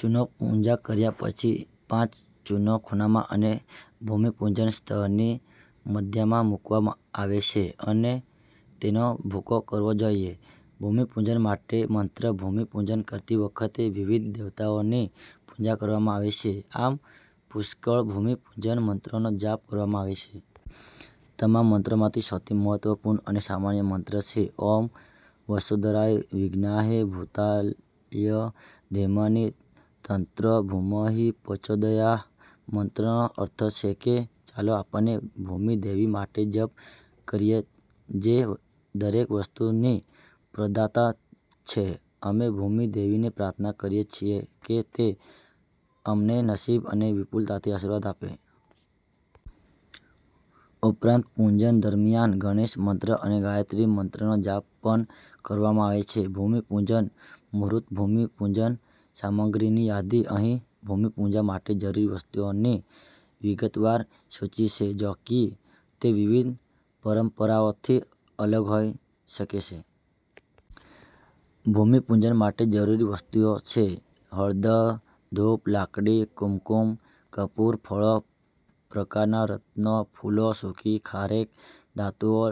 ચૂનોપૂજા કર્યા પછી, પાંચ ચૂનો ખૂણામાં અને ભૂમિપૂજન સ્થળની મધ્યમાં મૂકવામાં આવે છે અને તેનો ભૂકો કરવો જોઈએ. ભૂમિપૂજન માટે મંત્ર ભૂમિપૂજન કરતી વખતે વિવિધ દેવતાઓની પૂજા કરવામાં આવે છે. આમ, પુષ્કળ ભૂમિ પૂજન મંત્રોનો જાપ કરવામાં આવે છે. તમામ મંત્રોમાંથી, સૌથી મહત્વપૂર્ણ અને સામાન્ય મંત્ર છે, ઓમ વસુંધરાય વિદ્મહે ભૂતાઘ્ય ધેમહિ તન્નો ભૂમિહ પ્રચોદયા'. મંત્રનો અર્થ છે કે ચાલો આપણે ભૂમિ દેવી માટે જપ કરીએ, જે દરેક વસ્તુની પ્રદાતા છેઅમે ભૂમિ દેવીને પ્રાર્થના કરીએ છીએ કે તે અમને નસીબ અને વિપુલતાથી આશીર્વાદ આપે. ઉપરાંત પૂંજન દરમિયાન ગણેશ મંત્ર અને ગાયત્રી મંત્રનો જાપ પણ કરવામાં આવે છે. ભૂમિ પૂજન મુહૂર્તભૂમિ પૂજન સામગ્રીની યાદી. અહીં ભૂમિપૂજા માટે જરૂરી વસ્તુઓની વિગતવાર સૂચિ છે. જો કે, તે વિવિધ પરંપરાઓથી અલગ હોઈ શકે છે. ભૂમિપૂજન માટે જરૂરી વસ્તુઓ છે. હળદર, ધૂપ, લાકડી, કુમકુમ, કપૂર, ફળો પ્રકારના રત્નો ફૂલો સુકી ખારેક, ધાતુઓ,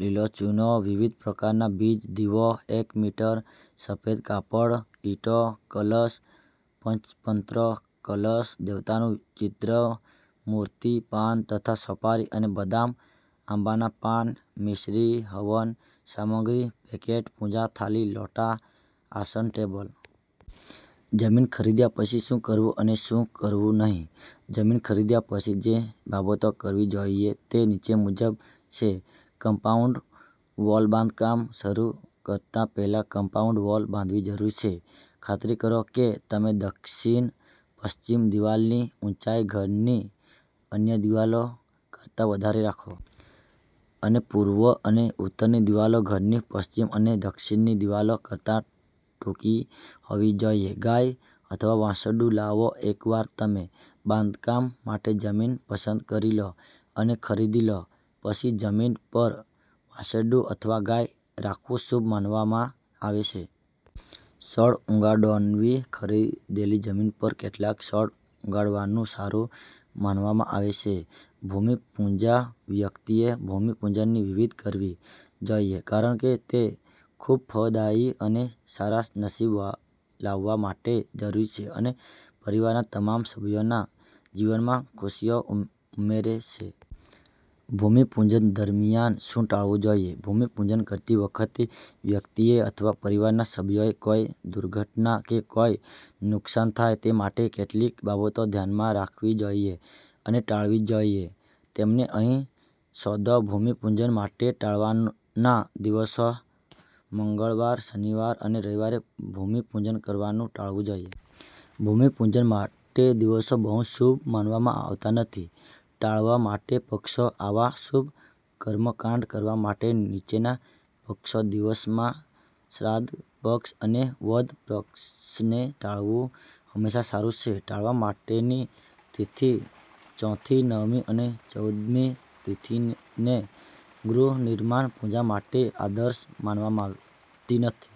લીલો ચૂનો, વિવિધ પ્રકારના બીજ, દીવો, એક મીટર સફેદ કાપડ, ઇંટો. કલશ, પંચપત્રો, કલશ, દેવતાનું ચિત્ર/મૂર્તિ, પાન તથા સોપારી અને બદામ, આંબાના પાન, મિસરી, હવન સામગ્રી પેકેટ, પૂજા થાળી, લોટા, આસન, ટેબલ. જમીન ખરીદ્યા પછી શું કરવું અને શું કરવું નહીં જમીન ખરીદ્યા પછી જે બાબતો કરવી જોઈએ તે નીચે મુજબ છેકમ્પાઉન્ડ વોલબાંધકામ શરૂ કરતા પહેલા કમ્પાઉન્ડ વોલ બાંધવી જરૂરી છે. ખાતરી કરો કે તમે દક્ષિણ-પશ્ચિમ દિવાલની ઊંચાઈ ઘરની અન્ય દિવાલો કરતા વધારે રાખો. અને પૂર્વ અને ઉત્તરની દિવાલો ઘરની પશ્ચિમ અને દક્ષિણની દિવાલો કરતા ટૂંકી હોવી જોઈએ. ગાય અથવા વાછરડું લાવોએકવાર તમે બાંધકામ માટે જમીન પસંદ કરી લો અને ખરીદી લો, પછી જમીન પર વાછરડું અથવા ગાય રાખવું શુભ માનવામાં આવે છે. છોડ ઉગાડોનવી ખરીદેલી જમીન પર કેટલાક છોડ ઉગાડવાનું સારું માનવામાં આવે છે. ભૂમિપૂજાવ્યક્તિએ ભૂમિપૂજનની વિવીધ કરવી જોઈએ કારણ કે તે ખૂબ ફળદાયી અને સારા નસીબ લાવવા માટે જરૂરી છે, અને પરિવારના તમામ સભ્યોના જીવનમાં ખુશીઓ ઉમેરે છે. ભૂમિપૂજન દરમિયાન શું ટાળવું જોઈએ ભૂમિપૂજન કરતી વખતે વ્યક્તિએ અથવા પરિવારના સભ્યોને કોઈ દુર્ઘટના કે કોઈ નુકસાનથાય તે માટે કેટલીક બાબતો ધ્યાનમાં રાખવી જોઈએ અને ટાળવી જોઈએ. તેમને અહીં શોધોભૂમિપૂજન માટે ટાળવાના દિવસોઃ મંગળવાર, શનિવાર અને રવિવારે ભૂમિપૂજન કરવાનું ટાળવું જોઈએ. ભૂમિપૂજન માટેદિવસો બહુ શુભ માનવામાં આવતા નથી. ટાળવા માટેના પક્ષો આવા શુભ કર્મકાંડ કરવા માટે નીચેના પક્ષો દિવસમાં શ્રાદ્ધ પક્ષ અને વદ પક્ષને ટાળવું હંમેશા સારું છે. ટાળવા માટેની તિથિ: ચોથી, નવમી અને ચૌદમી તિથિને ગૃહ નિર્માણ પૂજા માટે આદર્શ માનવામાં આવતી નથી.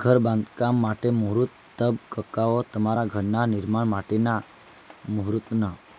ઘર બાંધકામ માટે મુહૂર્ત તબકકાઓ તમારા ઘરના નિર્માણ માટેના મુહૂર્તના